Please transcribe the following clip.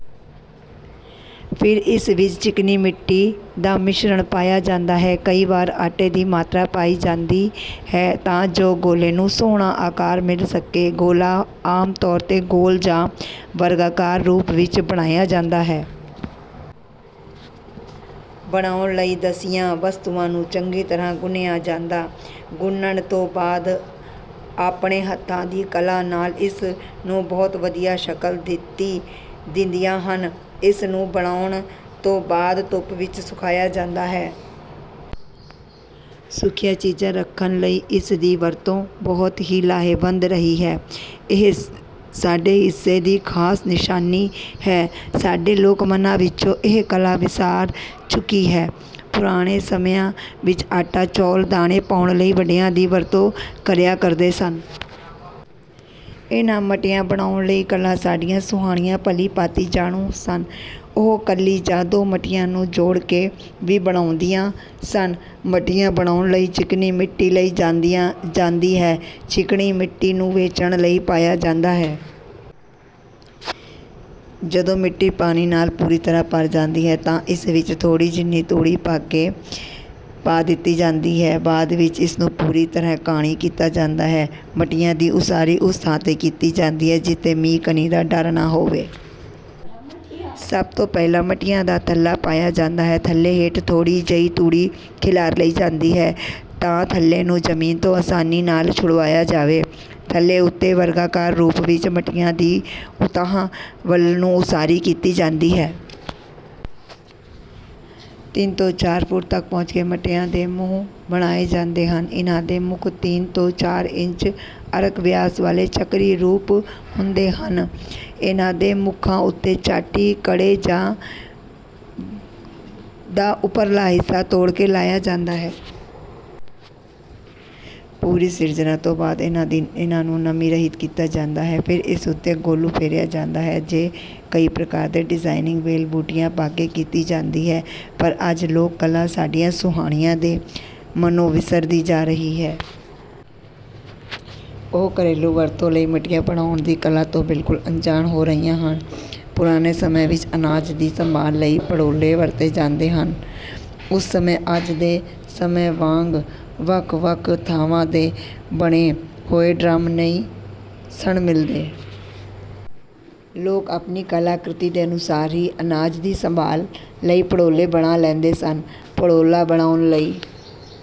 ਫਿਰ ਇਸ ਵਿੱਚ ਚੀਕਣੀ ਮਿੱਟੀ ਦਾ ਮਿਸ਼ਰਣ ਪਾਇਆ ਜਾਂਦਾ ਹੈ। ਕਈ ਵਾਰ ਆਟੇ ਦੀ ਮਾਤਰਾ ਪਾਈ ਜਾਂਦੀ ਹੈ ਤਾਂ ਜੋ ਗੋਲੇ ਨੂੰ ਸੋਹਣਾ ਆਕਾਰ ਮਿਲ ਸਕੇ। ਗੋਲਾ ਆਮ ਤੌਰ ਤੇ ਗੋਲ ਜਾਂ ਵਰਗਾਕਾਰ ਰੂਪ ਵਿੱਚ ਬਣਾਇਆ ਜਾਂਦਾ ਹੈ। ਬਣਾਉਣ ਲਈ ਦਰਸਾਈਆਂ ਵਸਤੂਆਂ ਨੂੰ ਚੰਗੀ ਤਰ੍ਹਾਂ ਗੁੰਨਿਆ ਜਾਂਦਾ ਹੈ। ਗੁੰਨਣ ਤੋਂ ਬਾਅਦ ਆਪਣੇ ਹੱਥਾਂ ਦੀ ਕਲਾ ਨਾਲ ਇਸ ਨੂੰ ਬਹੁਤ ਵਧੀਆ ਸ਼ਕਲ ਦਿੰਦੀਆਂ ਹਨ। ਇਸ ਨੂੰ ਬਣਾਉਣ ਤੋਂ ਬਾਅਦ ਧੁੱਪ ਵਿੱਚ ਸੁਕਾਇਆ ਜਾਂਦਾ ਹੈ। ਸੁੱਕੀਆਂ ਚੀਜ਼ਾਂ ਰੱਖਣ ਲਈ ਇਸ ਦੀ ਵਰਤੋਂ ਬਹੁਤ ਹੀ ਲਾਹੇਵੰਦ ਰਹੀ ਹੈ। ਇਹ ਸਾਡੇ ਵਿਰਸੇ ਦੀ ਖਾਸ ਨਿਸ਼ਾਨੀ ਹੈ। ਸਾਡੇ ਲੋਕ ਮਨਾਂ ਵਿੱਚੋਂ ਇਹ ਕਲਾ ਵਿਸਰ ਚੁੱਕੀ ਹੈ। ਪੁਰਾਣੇ ਸਮਿਆਂ ਵਿੱਚ ਆਟਾ ਚੌਲ ਦਾਣੇ ਪਾਉਣ ਲਈ ਮੱਟੀਆਂ ਦੀ ਵਰਤੋਂ ਕਰਿਆ ਕਰਦੇ ਸਨ। ਇਨ੍ਹਾਂ ਮੱਟੀਆਂ ਬਣਾਉਣ ਦੀ ਕਲਾ ਸਾਡੀਆਂ ਸੁਆਣੀਆਂ ਭਲੀ ਭਾਂਤੀ ਜਾਣੂ ਸਨ। ਉਹ ਇਕੱਲੀ ਜਾਂ ਦੋ ਮੱਟੀਆਂ ਨੂੰ ਜੋੜ ਕੇ ਵੀ ਬਣਾਉਂਦੀਆਂ ਸਨ। ਮੱਟੀਆਂ ਬਣਾਉਣ ਲਈ ਚੀਕਣੀ ਮਿੱਟੀ ਲਈ ਜਾਂਦੀ ਹੈ। ਚੀਕਣੀ ਮਿੱਟੀ ਨੂੰ ਭਿੱਜਣ ਲਈ ਪਾਇਆ ਜਾਂਦਾ ਹੈ। ਜਦੋਂ ਮਿੱਟੀ ਪਾਣੀ ਨਾਲ ਪੂਰੀ ਤਰ੍ਹਾਂ ਭਰ ਜਾਂਦੀ ਹੈ ਤਾਂ ਇਸ ਵਿੱਚ ਥੋੜ੍ਹੀ ਜਿਹੀ ਤੂੜੀ ਪਾ ਦਿੱਤੀ ਜਾਂਦੀ ਹੈ। ਬਾਅਦ ਵਿੱਚ ਇਸ ਨੂੰ ਪੂਰੀ ਤਰ੍ਹਾਂ ਘਾਣੀ ਕੀਤਾ ਜਾਂਦਾ ਹੈ। ਮੱਟੀਆਂ ਦੀ ਉਸਾਰੀ ਉਸ ਥਾਂ ਤੇ ਕੀਤੀ ਜਾਂਦੀ ਹੈ ਜਿੱਥੇ ਮੀਂਹ ਕਣੀ ਦਾ ਡਰ ਨਾ ਹੋਵੇ। ਸਭ ਤੋਂ ਪਹਿਲਾਂ ਮੱਟੀਆਂ ਦਾ ਥੱਲਾ ਪਾਇਆ ਜਾਂਦਾ ਹੈ। ਥੱਲੇ ਹੇਠ ਥੋੜ੍ਹੀ ਜਿਹੀ ਤੂੜੀ ਖਿਲਾਰ ਲਈ ਜਾਂਦੀ ਹੈ ਤਾਂ ਥੱਲੇ ਨੂੰ ਜ਼ਮੀਨ ਤੋਂ ਆਸਾਨੀ ਨਾਲ ਛੁਡਵਾਇਆ ਜਾਵੇ। ਥੱਲੇ ਉੱਤੇ ਵਰਗਾਕਾਰ ਰੂਪ ਵਿੱਚ ਮੱਟੀਆਂ ਦੀ ਉਤਾਂਹ ਵੱਲ ਨੂੰ ਉਸਾਰੀ ਕੀਤੀ ਜਾਂਦੀ ਹੈ। ਤਿੰਨ ਤੋਂ ਚਾਰ ਫੁੱਟ ਤੱਕ ਪਹੁੰਚ ਕੇ ਮੱਟੀਆਂ ਦੇ ਮੂੰਹ ਬਣਾਏ ਜਾਂਦੇ ਹਨ। ਇਨ੍ਹਾਂ ਦੇ ਮੂੰਹ ਤਿੰਨ ਤੋਂ ਚਾਰ ਇੰਚ ਅਰਧ ਵਿਆਸ ਵਾਲੇ ਚੱਕਰੀ ਰੂਪ ਹੁੰਦੇ ਹਨ। ਇਨ੍ਹਾਂ ਦੇ ਮੂੰਹਾਂ ਉੱਤੇ ਚਾਟੀ ਘੜੇ ਜਾਂ ਦਧੂਨੇ ਦਾ ਉਪਰਲਾ ਹਿੱਸਾ ਤੋੜ ਕੇ ਲਾਇਆ ਜਾਂਦਾ ਹੈ। ਪੂਰੀ ਸਿਰਜਣਾ ਤੋਂ ਬਾਅਦ ਇਨ੍ਹਾਂ ਨੂੰ ਨਮੀ ਰਹਿਤ ਕੀਤਾ ਜਾਂਦਾ ਹੈ। ਫਿਰ ਇਸ ਉੱਤੇ ਗੋਲੂ ਫੇਰਿਆ ਜਾਂਦਾ ਹੈ ਤੇ ਕਈ ਪ੍ਰਕਾਰ ਦੀ ਡਿਜ਼ਾਇਨਿੰਗ ਵੇਲ ਬੂਟੀਆਂ ਪਾ ਕੇ ਕੀਤੀ ਜਾਂਦੀ ਹੈ। ਪਰ ਅੱਜ ਇਹ ਲੋਕ ਕਲਾ ਸਾਡੀਆਂ ਸੁਆਣੀਆਂ ਦੇ ਮਨੋਂ ਵਿਸਰਦੀ ਜਾ ਰਹੀ ਹੈ। ਉਹ ਘਰੇਲੂ ਵਰਤੋਂ ਲਈ ਮੱਟੀਆਂ ਬਣਾਉਣ ਦੀ ਕਲਾ ਤੋਂ ਬਿਲਕੁਲ ਅਣਜਾਣ ਹੋ ਰਹੀਆਂ ਹਨ। ਪੁਰਾਣੇ ਸਮਿਆਂ ਵਿੱਚ ਅਨਾਜ ਦੀ ਸੰਭਾਲ ਲਈ ਭੜੋਲੇ ਵਰਤੇ ਜਾਂਦੇ ਸਨ। ਉਸ ਸਮੇਂ ਅੱਜ ਦੇ ਸਮੇਂ ਵਾਂਗ ਵੱਖ ਵੱਖ ਧਾਤਾਂ ਦੇ ਬਣੇ ਹੋਏ ਡਰੰਮ ਨਹੀਂ ਸਨ ਮਿਲਦੇ। ਲੋਕ ਆਪਣੀ ਕਲਾ ਕ੍ਰਿਤੀ ਦੇ ਅਨੁਸਾਰ ਹੀ ਅਨਾਜ ਦੀ ਸੰਭਾਲ ਲਈ ਭੜੋਲੇ ਬਣਾ ਲੈਂਦੇ ਸਨ। ਭੜੋਲਾ ਬਣਾਉਣ ਲਈ